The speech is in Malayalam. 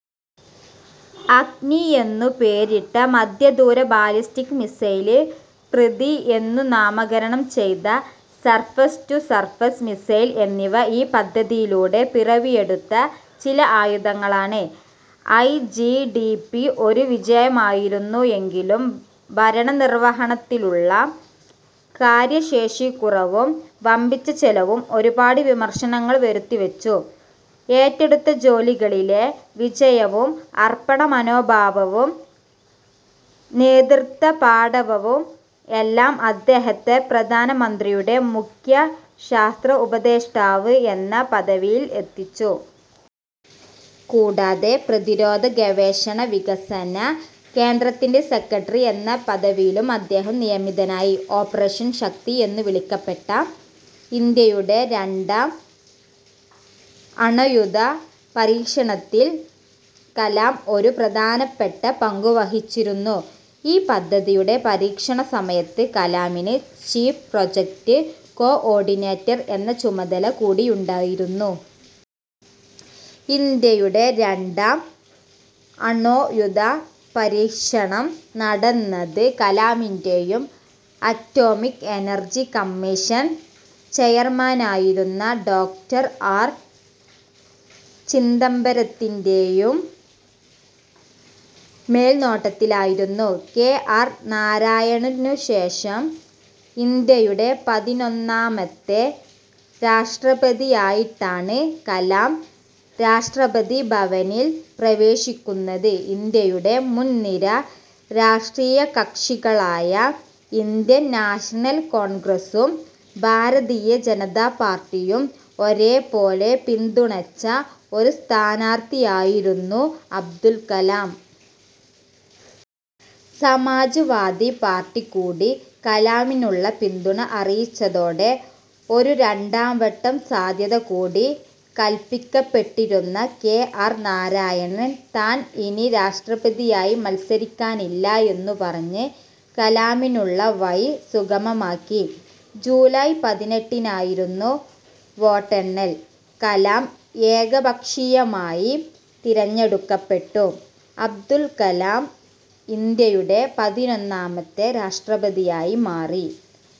അഗ്നി എന്നു പേരിട്ട മധ്യദൂര ബാലിസ്റ്റിക് മിസൈൽ, പൃഥി എന്നു നാമകരണം ചെയ്ത സർഫസ്-ടു-സർഫസ് മിസൈൽ എന്നിവ ഈ പദ്ധതിയിലൂടെ പിറവിയെടുത്ത ചില ആയുധങ്ങളാണ്. ഐ. ജി. ഡി. പി ഒരു വിജയമായിരുന്നു എങ്കിലും, ഭരണനിർവ്വഹണത്തിലുള്ള കാര്യശേഷിക്കുറവും, വമ്പിച്ച ചെലവും ഒരുപാട് വിമർശനങ്ങൾ വരുത്തിവെച്ചു. ഏറ്റെടുത്ത ജോലികളിലെ വിജയവും അർപ്പണമനോഭാവവും നേതൃത്വപാടവവും എല്ലാം അദ്ദേഹത്തെ പ്രധാനമന്ത്രിയുടെ മുഖ്യ ശാസ്ത്ര ഉപദേഷ്ടാവ് എന്ന പദവിയിൽ എത്തിച്ചു. കൂടാതെ പ്രതിരോധ ഗവേഷണ വികസന കേന്ദ്രത്തിന്റെ സെക്രട്ടറി എന്ന പദവിയിലും അദ്ദേഹം നിയമിതനായി. ഓപ്പറേഷൻ ശക്തി എന്നു വിളിക്കപ്പെട്ട ഇന്ത്യയുടെ രണ്ടാം അണ്വായുധ പരീക്ഷണത്തിൽ കലാം ഒരു പ്രധാനപ്പെട്ട പങ്കു വഹിച്ചിരുന്നു. ഈ പദ്ധതിയുടെ പരീക്ഷണസമയത്ത് കലാമിന് ചീഫ് പ്രൊജക്ട് കോ-ഓർഡിനേറ്റർ എന്ന ചുമതല കൂടിയുണ്ടായിരുന്നു. ഇന്ത്യയുടെ രണ്ടാം അണ്വായുധ പരീക്ഷണം നടന്നത് കലാമിന്റേയും അറ്റോമിക് എനർജി കമ്മീഷൻ ചെയർമാനായിരുന്ന ഡോക്ടർ. ആർ. ചിദംബരത്തിന്റേയും മേൽനോട്ടത്തിലായിരുന്നു. കെ. ആർ. നാരായണനുശേഷം ഇന്ത്യയുടെ പതിനൊന്നാമത്തെ രാഷ്ട്രപതിയായിട്ടാണ് കലാം രാഷ്ട്രപതി ഭവനിൽ പ്രവേശിക്കുന്നത്. ഇന്ത്യയുടെ മുൻനിര രാഷ്ട്രീയകക്ഷികളായ ഇന്ത്യൻ നാഷണൽ കോൺഗ്രസ്സും ഭാരതീയ ജനതാ പാർട്ടിയും ഒരേ പോലെ പിന്തുണച്ച ഒരു സ്ഥാനാർത്ഥിയായിരുന്നു അബ്ദുൾ കലാം. സമാജ് വാദി പാർട്ടി കൂടി കലാമിനുള്ള പിന്തുണ അറിയിച്ചതോടെ ഒരു രണ്ടാംവട്ടം സാധ്യത കൂടി കല്പിക്കപ്പെട്ടിരുന്ന കെ. ആർ. നാരായണൻ താൻ ഇനി രാഷ്ട്രപതിയായി മത്സരിക്കാനില്ല എന്നു പറഞ്ഞ് കലാമിനുള്ള വഴി സുഗമമാക്കി. ജൂലൈ പതിനെട്ടിനായിരുന്നു വോട്ടെണ്ണൽ. കലാം ഏകപക്ഷീയമായി തിരഞ്ഞെടുക്കപ്പെട്ടു. അബ്ദുൾ കലാം ഇന്ത്യയുടെ പതിനൊന്നാമത്തെ രാഷ്ട്രപതിയായി മാറി.